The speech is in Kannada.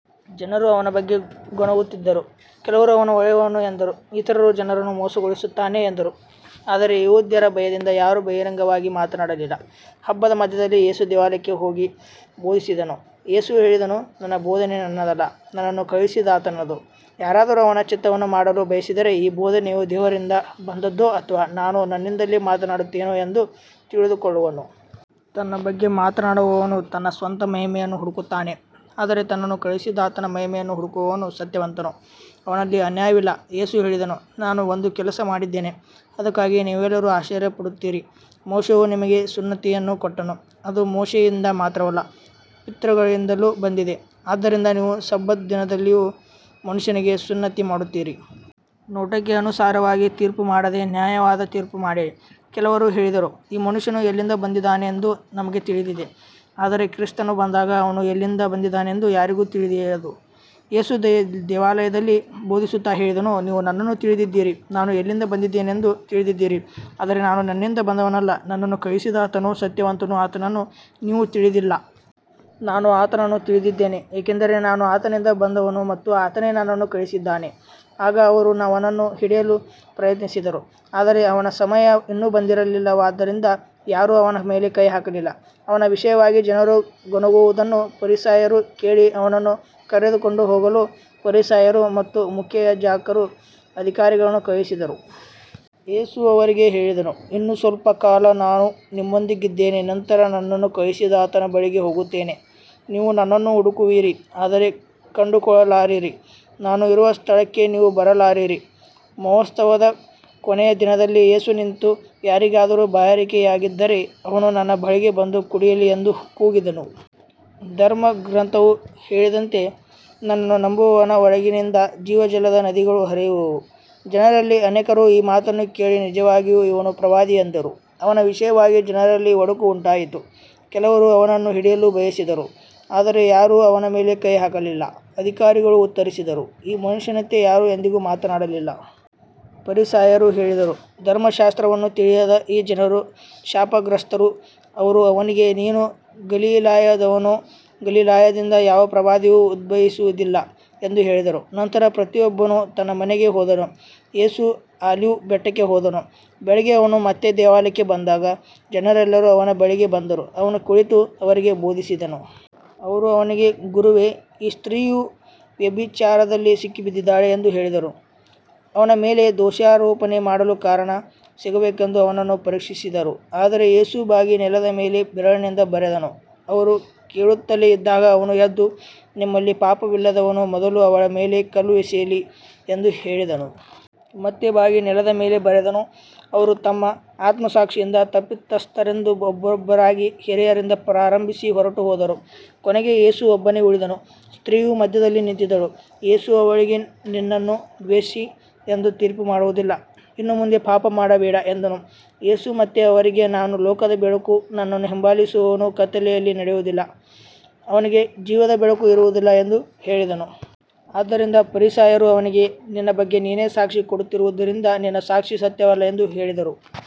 ಜನರು ಅವನ ಬಗ್ಗೆ ಗೊಣಗುತ್ತಿದ್ದರು, ಕೆಲವರು ಅವನು ಒಳ್ಳೆಯವನು ಎಂದರು, ಇತರರು ಜನರನ್ನು ಮೋಸಗೊಳಿಸುತ್ತಾನೆ ಎಂದರು, ಆದರೆ ಯೆಹೂದ್ಯರ ಭಯದಿಂದ ಯಾರೂ ಬಹಿರಂಗವಾಗಿ ಮಾತನಾಡಲಿಲ್ಲ. ಹಬ್ಬದ ಮಧ್ಯದಲ್ಲಿ ಯೇಸು ದೇವಾಲಯಕ್ಕೆ ಹೋಗಿ ಬೋಧಿಸಿದನು. ಯೇಸು ಹೇಳಿದನು, ನನ್ನ ಬೋಧನೆ ನನ್ನದಲ್ಲ, ನನ್ನನ್ನು ಕಳುಹಿಸಿದಾತನದು. ಯಾರಾದರೂ ಅವನ ಚಿತ್ತವನ್ನು ಮಾಡಲು ಬಯಸಿದರೆ ಈ ಬೋಧನೆಯು ದೇವರಿಂದ ಬಂದದ್ದೋ ಅಥವಾ ನಾನು ನನ್ನಿಂದಲೇ ಮಾತನಾಡುತ್ತೇನೋ ಎಂದು ತಿಳಿದುಕೊಳ್ಳುವನು. ತನ್ನ ಬಗ್ಗೆ ಮಾತನಾಡುವವನು ತನ್ನ ಸ್ವಂತ ಮಹಿಮೆಯನ್ನು ಹುಡುಕುತ್ತಾನೆ, ಆದರೆ ತನ್ನನ್ನು ಕಳುಹಿಸಿದಾತನ ಮಹಿಮೆಯನ್ನು ಹುಡುಕುವವನು ಸತ್ಯವಂತನು, ಅವನಲ್ಲಿ ಅನ್ಯಾಯವಿಲ್ಲ. ಯೇಸು ಹೇಳಿದನು, ನಾನು ಒಂದು ಕೆಲಸ ಮಾಡಿದ್ದೇನೆ, ಅದಕ್ಕಾಗಿ ನೀವೆಲ್ಲರೂ ಆಶ್ಚರ್ಯಪಡುತ್ತೀರಿ. ಮೋಶೆಯು ನಿಮಗೆ ಸುನ್ನತಿಯನ್ನು ಕೊಟ್ಟನು, ಅದು ಮೋಶೆಯಿಂದ ಮಾತ್ರವಲ್ಲ, ಪಿತೃಗಳಿಂದಲೂ ಬಂದಿದೆ, ಆದ್ದರಿಂದ ನೀವು ಸಬ್ಬತ್ ದಿನದಲ್ಲಿಯೂ ಮನುಷ್ಯನಿಗೆ ಸುನ್ನತಿ ಮಾಡುತ್ತೀರಿ. ನೋಟಕ್ಕೆ ಅನುಸಾರವಾಗಿ ತೀರ್ಪು ಮಾಡದೆ ನ್ಯಾಯವಾದ ತೀರ್ಪು ಮಾಡಿರಿ. ಕೆಲವರು ಹೇಳಿದರು, ಈ ಮನುಷ್ಯನು ಎಲ್ಲಿಂದ ಬಂದಿದ್ದಾನೆಂದು ನಮಗೆ ತಿಳಿದಿದೆ, ಆದರೆ ಕ್ರಿಸ್ತನು ಬಂದಾಗ ಅವನು ಎಲ್ಲಿಂದ ಬಂದಿದ್ದಾನೆಂದು ಯಾರಿಗೂ ತಿಳಿಯದು. ಯೇಸು ದೇವಾಲಯದಲ್ಲಿ ಬೋಧಿಸುತ್ತಾ ಹೇಳಿದನು, ನೀವು ನನ್ನನ್ನು ತಿಳಿದಿದ್ದೀರಿ, ನಾನು ಎಲ್ಲಿಂದ ಬಂದಿದ್ದೇನೆಂದೂ ತಿಳಿದಿದ್ದೀರಿ, ಆದರೆ ನಾನು ನನ್ನಿಂದ ಬಂದವನಲ್ಲ, ನನ್ನನ್ನು ಕಳುಹಿಸಿದಾತನು ಸತ್ಯವಂತನು, ಆತನನ್ನು ನೀವು ತಿಳಿದಿಲ್ಲ. ನಾನು ಆತನನ್ನು ತಿಳಿದಿದ್ದೇನೆ, ಏಕೆಂದರೆ ನಾನು ಆತನಿಂದ ಬಂದವನು ಮತ್ತು ಆತನೇ ನನ್ನನ್ನು ಕಳುಹಿಸಿದ್ದಾನೆ. ಆಗ ಅವರು ಅವನನ್ನು ಹಿಡಿಯಲು ಪ್ರಯತ್ನಿಸಿದರು, ಆದರೆ ಅವನ ಸಮಯ ಇನ್ನೂ ಬಂದಿರಲಿಲ್ಲವಾದ್ದರಿಂದ ಯಾರೂ ಅವನ ಮೇಲೆ ಕೈ ಹಾಕಲಿಲ್ಲ. ಅವನ ವಿಷಯವಾಗಿ ಜನರು ಗೊಣಗುವುದನ್ನು ಫರಿಸಾಯರು ಕೇಳಿ, ಅವನನ್ನು ಕರೆದುಕೊಂಡು ಹೋಗಲು ಫರಿಸಾಯರು ಮತ್ತು ಮುಖ್ಯಯಾಜಕರು ಅಧಿಕಾರಿಗಳನ್ನು ಕಳುಹಿಸಿದರು. ಯೇಸು ಅವರಿಗೆ ಹೇಳಿದನು, ಇನ್ನೂ ಸ್ವಲ್ಪ ಕಾಲ ನಾನು ನಿಮ್ಮೊಂದಿಗಿದ್ದೇನೆ, ನಂತರ ನನ್ನನ್ನು ಕಳುಹಿಸಿದಾತನ ಬಳಿಗೆ ಹೋಗುತ್ತೇನೆ. ನೀವು ನನ್ನನ್ನು ಹುಡುಕುವಿರಿ, ಆದರೆ ಕಂಡುಕೊಳ್ಳಲಾರಿರಿ, ನಾನು ಇರುವ ಸ್ಥಳಕ್ಕೆ ನೀವು ಬರಲಾರಿರಿ. ಮಹೋತ್ಸವದ ಕೊನೆಯ ದಿನದಲ್ಲಿ ಯೇಸು ನಿಂತು, ಯಾರಿಗಾದರೂ ಬಾಯಾರಿಕೆಯಾಗಿದ್ದರೆ ಅವನು ನನ್ನ ಬಳಿಗೆ ಬಂದು ಕುಡಿಯಲಿ ಎಂದು ಕೂಗಿದನು. ಧರ್ಮಗ್ರಂಥವು ಹೇಳಿದಂತೆ, ನನ್ನನ್ನು ನಂಬುವವನ ಒಳಗಿನಿಂದ ಜೀವಜಲದ ನದಿಗಳು ಹರಿಯುವವು. ಜನರಲ್ಲಿ ಅನೇಕರು ಈ ಮಾತನ್ನು ಕೇಳಿ, ನಿಜವಾಗಿಯೂ ಇವನು ಪ್ರವಾದಿ ಎಂದರು. ಅವನ ವಿಷಯವಾಗಿ ಜನರಲ್ಲಿ ಒಡಕು ಉಂಟಾಯಿತು, ಕೆಲವರು ಅವನನ್ನು ಹಿಡಿಯಲು ಬಯಸಿದರು, ಆದರೆ ಯಾರೂ ಅವನ ಮೇಲೆ ಕೈ ಹಾಕಲಿಲ್ಲ. ಅಧಿಕಾರಿಗಳು ಉತ್ತರಿಸಿದರು, ಈ ಮನುಷ್ಯನಂತೆ ಯಾರೂ ಎಂದಿಗೂ ಮಾತನಾಡಿಲ್ಲ. ಫರಿಸಾಯರು ಹೇಳಿದರು, ಧರ್ಮಶಾಸ್ತ್ರವನ್ನು ತಿಳಿಯದ ಈ ಜನರು ಶಾಪಗ್ರಸ್ತರು. ಅವರು ಅವನಿಗೆ, ನೀನೂ ಗಲಿಲಾಯದವನೋ, ಗಲಿಲಾಯದಿಂದ ಯಾವ ಪ್ರವಾದಿಯೂ ಉದ್ಭವಿಸುವುದಿಲ್ಲ ಎಂದು ಹೇಳಿದರು. ನಂತರ ಪ್ರತಿಯೊಬ್ಬನು ತನ್ನ ಮನೆಗೆ ಹೋದನು. ಯೇಸು ಆಲಿವ್ ಬೆಟ್ಟಕ್ಕೆ ಹೋದನು. ಬೆಳಿಗ್ಗೆ ಅವನು ಮತ್ತೆ ದೇವಾಲಯಕ್ಕೆ ಬಂದಾಗ ಜನರೆಲ್ಲರೂ ಅವನ ಬಳಿಗೆ ಬಂದರು, ಅವನು ಕುಳಿತು ಅವರಿಗೆ ಬೋಧಿಸಿದನು. ಅವರು ಅವನಿಗೆ, ಗುರುವೇ, ಈ ಸ್ತ್ರೀಯು ವ್ಯಭಿಚಾರದಲ್ಲಿ ಸಿಕ್ಕಿಬಿದ್ದಿದ್ದಾಳೆ ಎಂದು ಹೇಳಿದರು. ಅವನ ಮೇಲೆ ದೋಷಾರೋಪಣೆ ಮಾಡಲು ಕಾರಣ ಸಿಗಬೇಕೆಂದು ಅವನನ್ನು ಪರೀಕ್ಷಿಸಿದರು, ಆದರೆ ಯೇಸು ಬಾಗಿ ನೆಲದ ಮೇಲೆ ಬೆರಳಿನಿಂದ ಬರೆದನು. ಅವರು ಕೇಳುತ್ತಲೇ ಇದ್ದಾಗ ಅವನು ಎದ್ದು, ನಿಮ್ಮಲ್ಲಿ ಪಾಪವಿಲ್ಲದವನು ಮೊದಲು ಅವಳ ಮೇಲೆ ಕಲ್ಲು ಎಸೆಯಲಿ ಎಂದು ಹೇಳಿದನು. ಮತ್ತೆ ಬಾಗಿ ನೆಲದ ಮೇಲೆ ಬರೆದನು. ಅವರು ತಮ್ಮ ಆತ್ಮಸಾಕ್ಷಿಯಿಂದ ತಪ್ಪಿತಸ್ಥರೆಂದು ಒಬ್ಬೊಬ್ಬರಾಗಿ ಹಿರಿಯರಿಂದ ಪ್ರಾರಂಭಿಸಿ ಹೊರಟುಹೋದರು. ಕೊನೆಗೆ ಯೇಸು ಒಬ್ಬನೇ ಉಳಿದನು, ಸ್ತ್ರೀಯು ಮಧ್ಯದಲ್ಲಿ ನಿಂತಿದ್ದಳು. ಯೇಸು ಅವಳಿಗೆ, ನಿನ್ನನ್ನು ದೋಷಿ ಎಂದು ತೀರ್ಪುಮಾಡುವುದಿಲ್ಲ, ಇನ್ನು ಮುಂದೆ ಪಾಪ ಮಾಡಬೇಡ ಎಂದನು. ಯೇಸು ಮತ್ತೆ ಅವರಿಗೆ, ನಾನು ಲೋಕದ ಬೆಳಕು, ನನ್ನನ್ನು ಹಿಂಬಾಲಿಸುವವನು ಕತ್ತಲೆಯಲ್ಲಿ ನಡೆಯುವುದಿಲ್ಲ, ಅವನಿಗೆ ಜೀವದ ಬೆಳಕು ಇರುವುದು ಎಂದು ಹೇಳಿದನು. ಆದ್ದರಿಂದ ಫರಿಸಾಯರು ಅವನಿಗೆ, ನಿನ್ನ ಬಗ್ಗೆ ನೀನೇ ಸಾಕ್ಷಿ ಕೊಡುತ್ತಿರುವುದರಿಂದ ನಿನ್ನ ಸಾಕ್ಷಿ ಸತ್ಯವಲ್ಲ ಎಂದು ಹೇಳಿದರು.